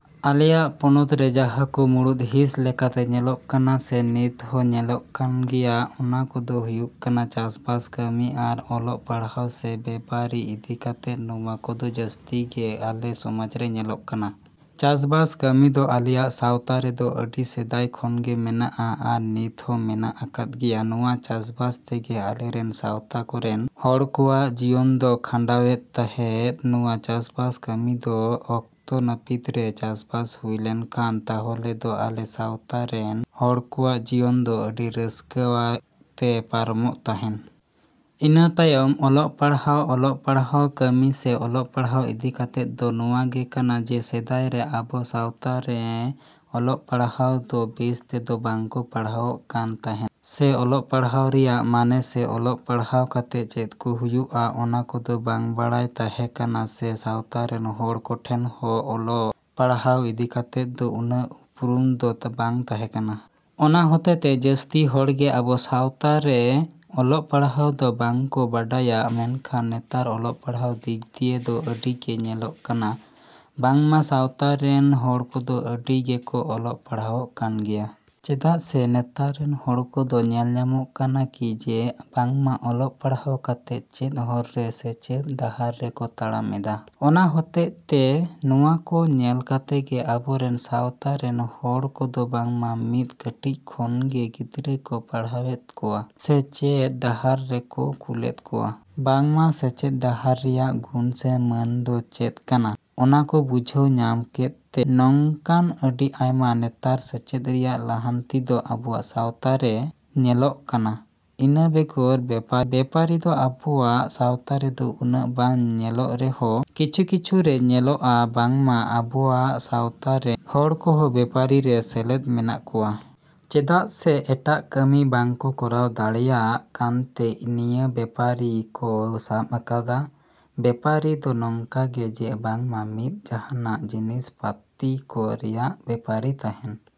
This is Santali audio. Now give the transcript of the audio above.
ᱟᱞᱮᱭᱟᱜ ᱯᱚᱱᱚᱛ ᱨᱮ ᱡᱟᱦᱟᱸ ᱠᱚ ᱢᱩᱬᱩᱛ ᱦᱤᱸᱥ ᱞᱮᱠᱟᱛᱮ ᱧᱮᱞᱚᱜ ᱠᱟᱱᱟ ᱥᱮ ᱱᱤᱛ ᱦᱚᱸ ᱧᱮᱞᱚᱜ ᱠᱟᱱ ᱜᱮᱭᱟ, ᱚᱱᱟ ᱠᱚᱫᱚ ᱦᱩᱭᱩᱜ ᱠᱟᱱᱟ ᱪᱟᱥᱵᱟᱥ ᱠᱟᱹᱢᱤ ᱟᱨ ᱚᱞᱚᱜ ᱯᱟᱲᱦᱟᱣ ᱥᱮ ᱵᱮᱯᱟᱨᱤ ᱤᱫᱤ ᱠᱟᱛᱮᱫ᱾ ᱱᱚᱣᱟ ᱠᱚᱫᱚ ᱡᱟᱹᱥᱛᱤ ᱜᱮ ᱟᱞᱮ ᱥᱚᱢᱟᱡᱽ ᱨᱮ ᱧᱮᱞᱚᱜ ᱠᱟᱱᱟ᱾ ᱪᱟᱥᱵᱟᱥ ᱠᱟᱹᱢᱤ ᱫᱚ ᱟᱞᱮᱭᱟᱜ ᱥᱟᱶᱛᱟ ᱨᱮᱫᱚ ᱟᱹᱰᱤ ᱥᱮᱫᱟᱭ ᱠᱷᱚᱱ ᱜᱮ ᱢᱮᱱᱟᱜᱼᱟ ᱟᱨ ᱱᱤᱛ ᱦᱚᱸ ᱢᱮᱱᱟᱜ ᱟᱠᱟᱫ ᱜᱮᱭᱟ᱾ ᱱᱚᱣᱟ ᱪᱟᱥᱵᱟᱥ ᱛᱮᱜᱮ ᱟᱞᱮᱨᱮᱱ ᱥᱟᱶᱛᱟ ᱠᱚᱨᱮᱱ ᱦᱚᱲ ᱠᱚᱣᱟᱜ ᱡᱤᱭᱚᱱ ᱫᱚ ᱠᱷᱟᱸᱰᱟᱣᱮᱫ ᱛᱟᱦᱮᱱ᱾ ᱱᱚᱣᱟ ᱪᱟᱥᱵᱟᱥ ᱠᱟᱹᱢᱤ ᱫᱚ ᱚᱠᱛᱚ ᱱᱟᱹᱯᱤᱛ ᱨᱮ ᱪᱟᱥᱵᱟᱥ ᱦᱩᱭ ᱞᱮᱱᱠᱷᱟᱱ ᱛᱟᱦᱚᱞᱮ ᱫᱚ ᱟᱞᱮ ᱥᱟᱶᱛᱟ ᱨᱮᱱ ᱦᱚᱲ ᱠᱚᱣᱟᱜ ᱡᱤᱭᱚᱱ ᱫᱚ ᱟᱹᱰᱤ ᱨᱟᱹᱥᱠᱟᱹᱣ ᱛᱮ ᱯᱟᱨᱚᱢᱚᱜ ᱛᱟᱦᱮᱱ᱾ ᱤᱱᱟᱹ ᱛᱟᱭᱚᱢ ᱚᱞᱚᱜ ᱯᱟᱲᱦᱟᱣ᱾ ᱚᱞᱚᱜ ᱯᱟᱲᱦᱟᱣ ᱠᱟᱹᱢᱤ ᱥᱮ ᱚᱞᱚᱜ ᱯᱟᱲᱦᱟᱣ ᱤᱫᱤ ᱠᱟᱛᱮᱫ ᱫᱚ ᱱᱚᱶᱟ ᱜᱮ ᱠᱟᱱᱟ ᱡᱮ ᱥᱮᱫᱟᱭ ᱨᱮ ᱟᱵᱚ ᱥᱟᱶᱛᱟ ᱨᱮ ᱚᱞᱚᱜ ᱯᱟᱲᱦᱟᱣ ᱫᱚ ᱵᱮᱥ ᱛᱮᱫᱚ ᱵᱟᱝ ᱠᱚ ᱯᱟᱲᱦᱟᱣᱚᱜ ᱠᱟᱱ ᱛᱟᱦᱮᱱᱟ ᱥᱮ ᱚᱞᱚᱜ ᱯᱟᱲᱦᱟᱣ ᱨᱮᱭᱟᱜ ᱢᱟᱱᱮ ᱥᱮ ᱚᱞᱚᱜ ᱯᱟᱲᱦᱟᱣ ᱠᱟᱛᱮᱫ ᱪᱮᱫ ᱠᱚ ᱦᱩᱭᱩᱜᱼᱟ ᱚᱱᱟ ᱠᱚᱫᱚ ᱵᱟᱝ ᱵᱟᱲᱟᱭ ᱛᱟᱦᱮᱸ ᱠᱟᱱᱟ ᱥᱮ ᱥᱟᱶᱛᱟ ᱨᱮᱱ ᱦᱚᱲ ᱠᱚᱴᱷᱮᱱ ᱦᱚᱸ ᱚᱞᱚᱜ ᱯᱟᱲᱦᱟᱣ ᱤᱫᱤ ᱠᱟᱛᱮᱫ ᱫᱚ ᱩᱱᱟᱹᱜ ᱩᱯᱨᱩᱢ ᱫᱚ ᱵᱟᱝ ᱛᱟᱦᱮᱸ ᱠᱟᱱᱟ᱾ ᱚᱱᱟ ᱦᱚᱛᱮᱛᱮ ᱡᱟᱹᱥᱛᱤ ᱦᱚᱲ ᱜᱮ ᱟᱵᱚ ᱥᱟᱶᱛᱟ ᱨᱮ ᱚᱞᱚᱜ ᱯᱟᱲᱦᱟᱣ ᱫᱚ ᱵᱟᱝ ᱠᱚ ᱵᱟᱰᱟᱭᱟ᱾ ᱢᱮᱱᱠᱷᱟᱱ ᱱᱮᱛᱟᱨ ᱚᱞᱚᱜ ᱯᱟᱲᱦᱟᱣ ᱫᱤᱠ ᱫᱤᱭᱮ ᱫᱚ ᱟᱹᱰᱤ ᱜᱮ ᱧᱮᱞᱚᱜ ᱠᱟᱱᱟ ᱵᱟᱝᱢᱟ ᱥᱟᱶᱛᱟ ᱨᱮᱱ ᱦᱚᱲ ᱠᱚᱫᱚ ᱟᱹᱰᱤ ᱜᱮᱠᱚ ᱚᱞᱚᱜ ᱯᱟᱲᱦᱟᱣᱚᱜ ᱠᱟᱱ ᱜᱮᱭᱟ᱾ ᱪᱮᱫᱟᱜ ᱥᱮ ᱱᱮᱛᱟᱨ ᱨᱮᱱ ᱦᱚᱲ ᱠᱚᱫᱚ ᱧᱮᱞ ᱧᱟᱢᱚᱜ ᱠᱟᱱᱟ ᱠᱤ ᱡᱮ ᱵᱟᱝᱢᱟ ᱚᱞᱚᱜ ᱯᱟᱲᱦᱟᱣ ᱠᱟᱛᱮᱜ ᱪᱮᱫ ᱦᱚᱨ ᱨᱮ ᱥᱮ ᱪᱮᱫ ᱰᱟᱦᱟᱨ ᱨᱮᱠᱚ ᱛᱟᱲᱟᱢ ᱮᱫᱟ᱾ ᱚᱱᱟ ᱦᱚᱛᱮᱜ ᱛᱮ ᱱᱚᱶᱟ ᱠᱚ ᱧᱮᱞ ᱠᱟᱛᱮ ᱜᱮ ᱟᱵᱚᱨᱮᱱ ᱥᱟᱶᱛᱟ ᱨᱮᱱ ᱦᱚᱲ ᱠᱚᱫᱚ ᱵᱟᱝᱢᱟ ᱢᱤᱫ ᱠᱟᱹᱴᱤᱡ ᱠᱷᱚᱱ ᱜᱮ ᱜᱤᱫᱽᱨᱟᱹ ᱠᱚ ᱯᱟᱲᱦᱟᱣ ᱮᱫ ᱠᱚᱣᱟ ᱥᱮ ᱥᱮᱪᱮᱫ ᱰᱟᱦᱟᱨ ᱨᱮᱠᱚ ᱠᱩᱞᱮᱫ ᱠᱚᱣᱟ᱾ ᱵᱟᱝᱢᱟ ᱥᱮᱪᱮᱫ ᱰᱟᱦᱟᱨ ᱨᱮᱭᱟᱜ ᱜᱩᱱ ᱥᱮ ᱢᱟᱱ ᱫᱚ ᱪᱮᱫ ᱠᱟᱱᱟ ᱚᱱᱟ ᱠᱚ ᱵᱩᱡᱷᱟᱹᱣ ᱧᱟᱢ ᱠᱮᱫ ᱛᱮ ᱱᱚᱝᱠᱟᱱ ᱟᱹᱰᱤ ᱟᱭᱢᱟ ᱱᱮᱛᱟᱨ ᱥᱮᱪᱮᱫ ᱨᱮᱭᱟᱜ ᱞᱟᱦᱟᱱᱛᱤ ᱫᱚ ᱟᱵᱚᱣᱟᱜ ᱥᱟᱶᱛᱟ ᱨᱮ ᱧᱮᱞᱚᱜ ᱠᱟᱱᱟ᱾ ᱤᱱᱟᱹ ᱵᱮᱜᱚᱨ ᱵᱮᱯᱟᱨᱤ᱾ ᱵᱮᱯᱟᱨᱤ ᱫᱚ ᱟᱵᱚᱣᱟᱜ ᱥᱟᱶᱛᱟ ᱨᱮᱫᱚ ᱩᱱᱟᱹᱜ ᱵᱟᱝ ᱧᱮᱞᱚᱜ ᱨᱮᱦᱚᱸ ᱠᱤᱪᱷᱩ ᱠᱤᱪᱷᱩ ᱨᱮ ᱧᱮᱞᱚᱜᱼᱟ ᱵᱟᱝᱢᱟ ᱟᱵᱚᱣᱟᱜ ᱥᱟᱶᱛᱟ ᱨᱮᱱ ᱦᱚᱲ ᱦᱚᱸ ᱵᱮᱯᱟᱨᱤ ᱨᱮ ᱥᱮᱞᱮᱫ ᱢᱮᱱᱟᱜ ᱠᱚᱣᱟ᱾ ᱪᱮᱫᱟᱜ ᱥᱮ ᱮᱴᱟᱜ ᱠᱟᱹᱢᱤ ᱵᱟᱝ ᱠᱚ ᱠᱚᱨᱟᱣ ᱫᱟᱲᱮᱭᱟᱜ ᱠᱟᱱ ᱛᱮ ᱱᱤᱭᱟᱹ ᱵᱮᱯᱟᱨᱤ ᱠᱚ ᱥᱟᱵ ᱟᱠᱟᱫᱟ᱾ ᱵᱮᱯᱟᱨᱤ ᱫᱚ ᱱᱚᱝᱠᱟ ᱜᱮ ᱡᱮ ᱵᱟᱝᱢᱟ ᱢᱤᱫ ᱡᱟᱦᱟᱸᱱᱟᱜ ᱡᱤᱱᱤᱥ ᱯᱟᱛᱤ ᱠᱚ ᱨᱮᱭᱟᱜ ᱵᱮᱯᱟᱨᱤ ᱛᱟᱦᱮᱸᱱ